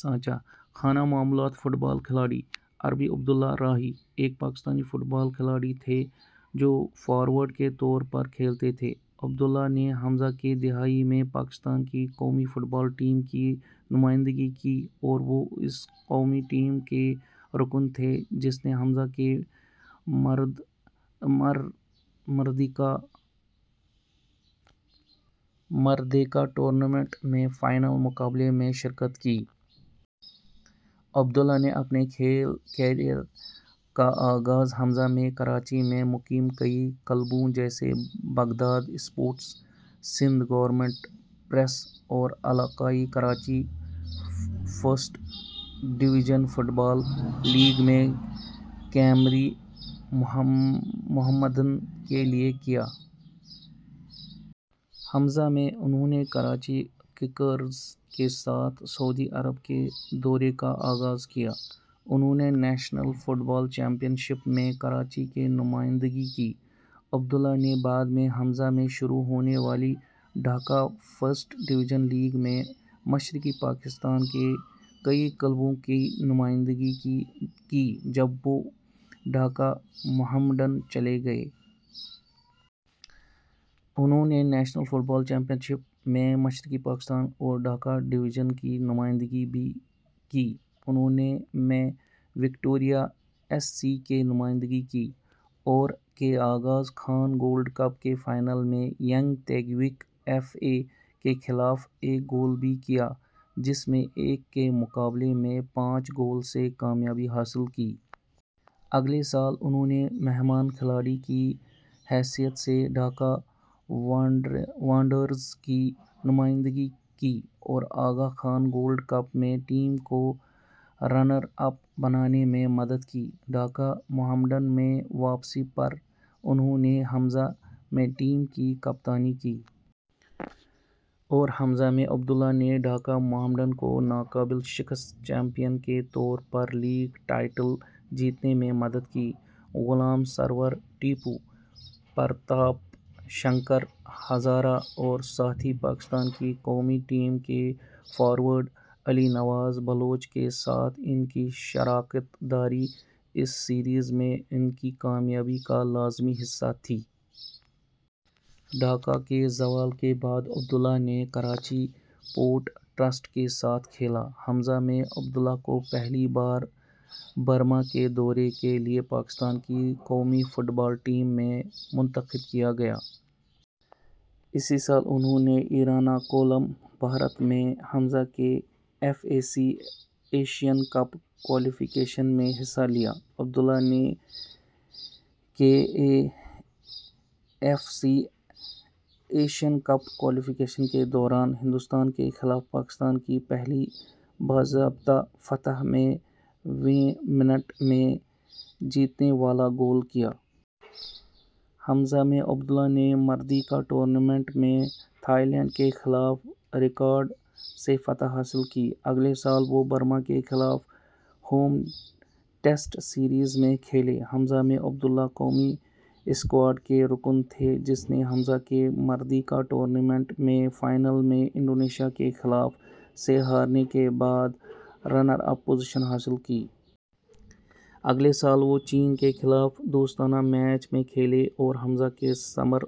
سانچہ:خانہ معلومات football کھلاڑی/عربی عبد اللہ راہی ، ایک پاکستانی فٹ بال کھلاڑی تھے جو فارورڈ کے طور پر کھیلتے تھے۔ عبد اللہ نے ء کی دہائی میں پاکستان کی قومی فٹ بال ٹیم کی نمائندگی کی اور وہ اس قومی ٹیم کے رکن تھے جس نے ء کے مردیکا ٹورنامنٹ میں فائنل مقابلے میں شرکت کی۔ عبد اللہ نے اپنے کھیل کیریئر کا آغاز ء میں کراچی میں مقیم کئی کلبوں جیسے Baghdad sports, Sindh government press اور علاقائی Karachi first division football league میں کیمری محمدن کے لیے کیا۔ ء میں، انھوں نے کراچی ککرز کے ساتھ سعودی عرب کے دورے کا آغاز کیا۔ انھوں نے national football championship میں کراچی کی نمائندگی کی۔ عبد اللہ نے بعد میں ء میں شروع ہونے والی ڈھاکہ فرسٹ ڈویژن لیگ میں مشرقی پاکستان کے کئی کلبوں کی نمائندگی کی جب وہ ڈھاکہ محمڈن چلے گئے۔ انھوں نے national football championship میں مشرقی پاکستان اور ڈھاکہ ڈویژن کی نمائندگی بھی کی۔ انھوں نے میں وکٹوریہ ایس سی کی نمائندگی کی۔ اور کے آغا خان گولڈ کپ کے فائنل میں ینگ تیگیوک ایف اے کے خلاف ایک گول بھی کیا جس میں ایک کے مقابلے میں پانچ گول سے کامیابی حاصل کی۔ اگلے سال، انھوں نے مہمان کھلاڑی کی حیثیت سے ڈھاکہ وانڈررز کی نمائندگی کی اور آغا خان گولڈ کپ میں ٹیم کو رنر اپ بنانے میں مدد کی۔ ڈھاکہ محمڈن میں واپسی پر، انھوں نے ء میں ٹیم کی کپتانی کی۔ اور ءمیں عبد اللہ نے ڈھاکہ محمڈن کو ناقابل شکست چیمپئن کے طور پر لیگ ٹائٹل جیتنے میں مدد کی۔ غلام سرور ٹیپو، پرتاپ شنکر ہزارہ اور ساتھی پاکستان کی قومی ٹیم کے فارورڈ علی نواز بلوچ کے ساتھ ان کی شراکت داری اس سیزن میں ان کی کامیابی کا لازمی حصہ تھی۔ ڈھاکہ کے زوال کے بعد عبد اللہ نے کراچی پورٹ ٹرسٹ کے ساتھ کھیلا۔ ء میں، عبد اللہ کو پہلی بار برما کے دورے کے لیے پاکستان کی قومی فٹ بال ٹیم میں منتخب کیا گیا۔ اسی سال انھوں نے ایرناکولم بھارت میں ء کے A F C Asian cup qualification میں حصہ لیا۔ عبد اللہ نے ے کے A F C Asian cup qualification کے دوران، ہندوستان کے خلاف پاکستان کی پہلی باضابطہ فتح میں ویں منٹ میں جیتنے والا گول کیا۔ ءمیں عبد اللہ نے مردیکا ٹورنامنٹ میں تھائی لینڈ کے خلاف ریکارڈ - سے فتح حاصل کی۔ اگلے سال وہ برما کے خلاف ہوم ٹیسٹ سیریز میں کھیلے۔ ء میں عبد اللہ قومی اسکواڈ کے رکن تھے جس نے ء کے مردیکا ٹورنامنٹ میں فائنل میں انڈونیشیا کے خلاف - سے ہارنے کے بعد رنر اپ پوزیشن حاصل کی۔ اگلے سال وہ چین کے خلاف دوستانہ میچ میں کھیلے اور ء کے سمر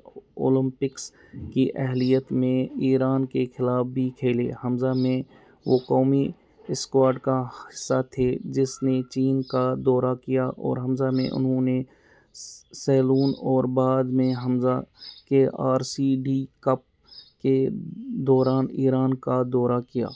اولمپکس کی اہلیت میں ایران کے خلاف بھی کھیلے۔ ء میں، وہ قومی اسکواڈ کا حصہ تھے جس نے چین کا دورہ کیا اور ء میں انھوں نے سیلون اور بعد میں ء کے آر سی ڈی کپ کے دوران ایران کا دورہ کیا۔